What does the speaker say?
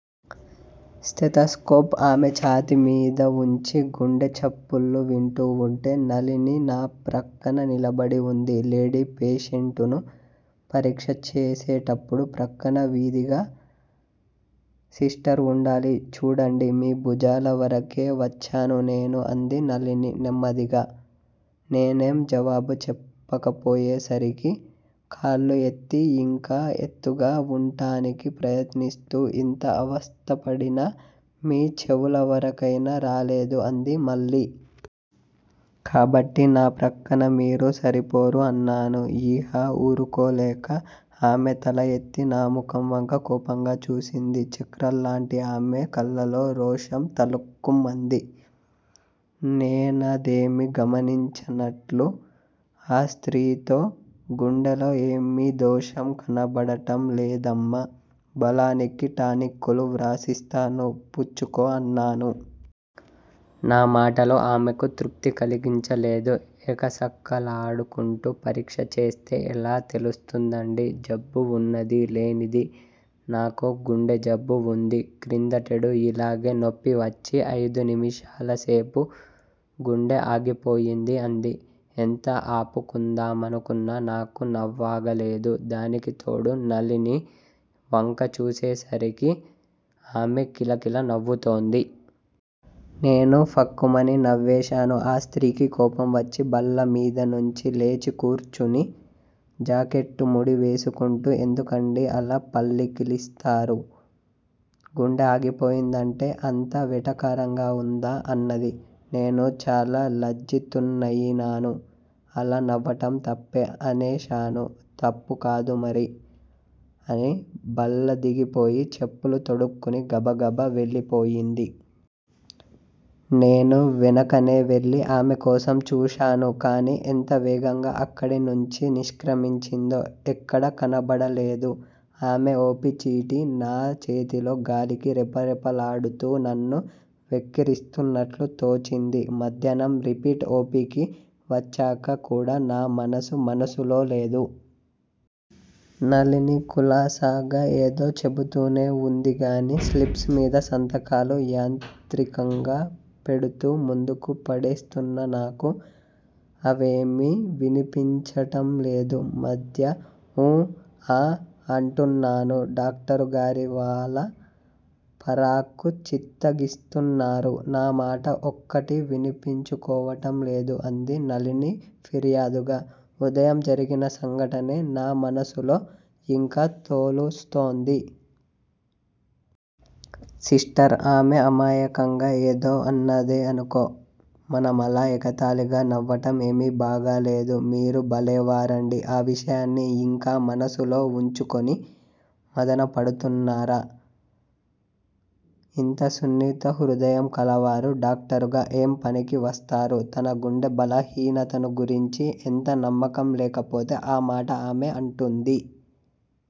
Stethoscope ఆమె ఛాతీమీద వుంచి గుండె చప్పుళ్ళు వింటూ వుంటే, నళిని నా ప్రక్కన నిలబడి వుంది. లేడీ పేషెంటును పరీక్ష చేసేటప్పుడు ప్రక్కన విధిగా సిస్టర్ వుండాలి. చూడండి. మీ భుజాల వరకే వచ్చాను నేను అంది నళిని నెమ్మదిగా. నేనేం జవాబు చెప్పకపోయేసరికి, కాళ్ళు ఎత్తి యింకా ఎత్తుగా వుంటానికి ప్రయత్నిస్తూ ఇంత అవస్థపడినా మీ చెవుల వరకైనా రాలేదు అంది మళ్ళీ. కాబట్టి నా ప్రక్కన మీరు సరిపోరు అన్నాను, యిహ ఊరుకోలేక. ఆమె తల ఎత్తి నాముఖం వంక కోపంగా చూసింది. చక్రాల్లాంటి ఆమె కళ్ళలో రోషం తళుక్కుమంది. నేనదేమీ గమనించనట్లు, ఆ స్త్రీతో గుండెలో ఏమీ దోషం కనబడటం లేదమ్మా! బలానికి టానిక్కులు వ్రాసిస్తాను పుచ్చుకో అన్నాను. నా మాటలు ఆమెకు తృప్తికలిగించలేదు. ఎకసక్కాలాడుకుంటూ పరీక్ష చేస్తే ఎలా తెలుస్తుందండీ, జబ్బు వున్నది లేనిదీ, నాకు గుండెజబ్బు వుంది క్రిందటేడు యిలాగే నొప్పివచ్చి అయిదు నిమిషాలసేపు గుండె ఆగిపోయింది అంది. ఎంత ఆపుకుందామానుకున్నా నాకు నవ్వాగలేదు. దానికి తోడు నళిని వంక చూసేసరికి ఆమె కిల కిల నవ్వుతోంది. నేనూ ఫక్కుమని నవ్వేశాను. ఆ స్త్రీకి కోపం వచ్చి బల్లమీద నుంచి లేచికూర్చుని, జాకెట్టు ముడి వేసుకుంటూ ఎందుకండీ అలా పళ్ళికిలిస్తారు? గుండె ఆగిపోయిందంటే అంత వెటకారంగా వుందా? అన్నది. నేను చాలా లజ్జితుణ్నయినాను అలా నవ్వటం తప్పే అనేశాను. తప్పు కాదూ మరి? అని బల్లదిగిపోయి, చెప్పులు తొడుక్కుని, గబ గబ వెళ్ళిపోయింది. నేను వెనకనే వెళ్ళి ఆమె కోసం చూశాను కాని, ఎంత వేగంగా అక్కడి నుంచి నిష్క్రమించిందో, ఎక్కడా కనబడలేదు ఆమె. ఓ. పి. చీటీ నా చేతిలో గాలికి రెపరెపలాడుతూ నన్ను వెక్కిరిస్తున్నట్లు తోచింది. మధ్యాహ్నం రిపీట్ ఓ. పి. కి వచ్చాక కూడా నా మనసు మనసులో లేదు. నళిని కులాసాగా ఏదో చెబుతూనే వుందిగాని స్లిప్స్ మీద సంతకాలు యాంత్రికంగా పెడుతూ ముందుకు పడేస్తున్న నాకు అవేమీ వినిపించటంలేదు. మధ్య 'ఊ, ఆఁ' అంటున్నాను. డాక్టరుగారివాళ పరాకు చిత్తగిస్తున్నారు నా మాట ఒక్కటీ వినిపించుకోవటం లేదు అంది నళిని ఫిర్యాదుగా. ఉదయం జరిగిన సంఘటనే నా మనసులో యింకా తొలుస్తోంది. సిస్టర్! ఆమె అమాయకంగా ఏదో అన్నదే అనుకో, మనమలా ఎగతాళిగా నవ్వటం ఏమీ బాగాలేదు. మీరు బలేవారండీ, ఆ విషయాన్ని యింకా మనసులో వుంచుకొని మధనపడుతున్నారా? ఇంత సున్నిత హృదయం కలవారు డాక్టరుగా ఏం పనికి వస్తారు? తన గుండె బలహీనతను గురించి ఎంత నమ్మకం లేకపోతే ఆ మాట ఆమె అంటుంది?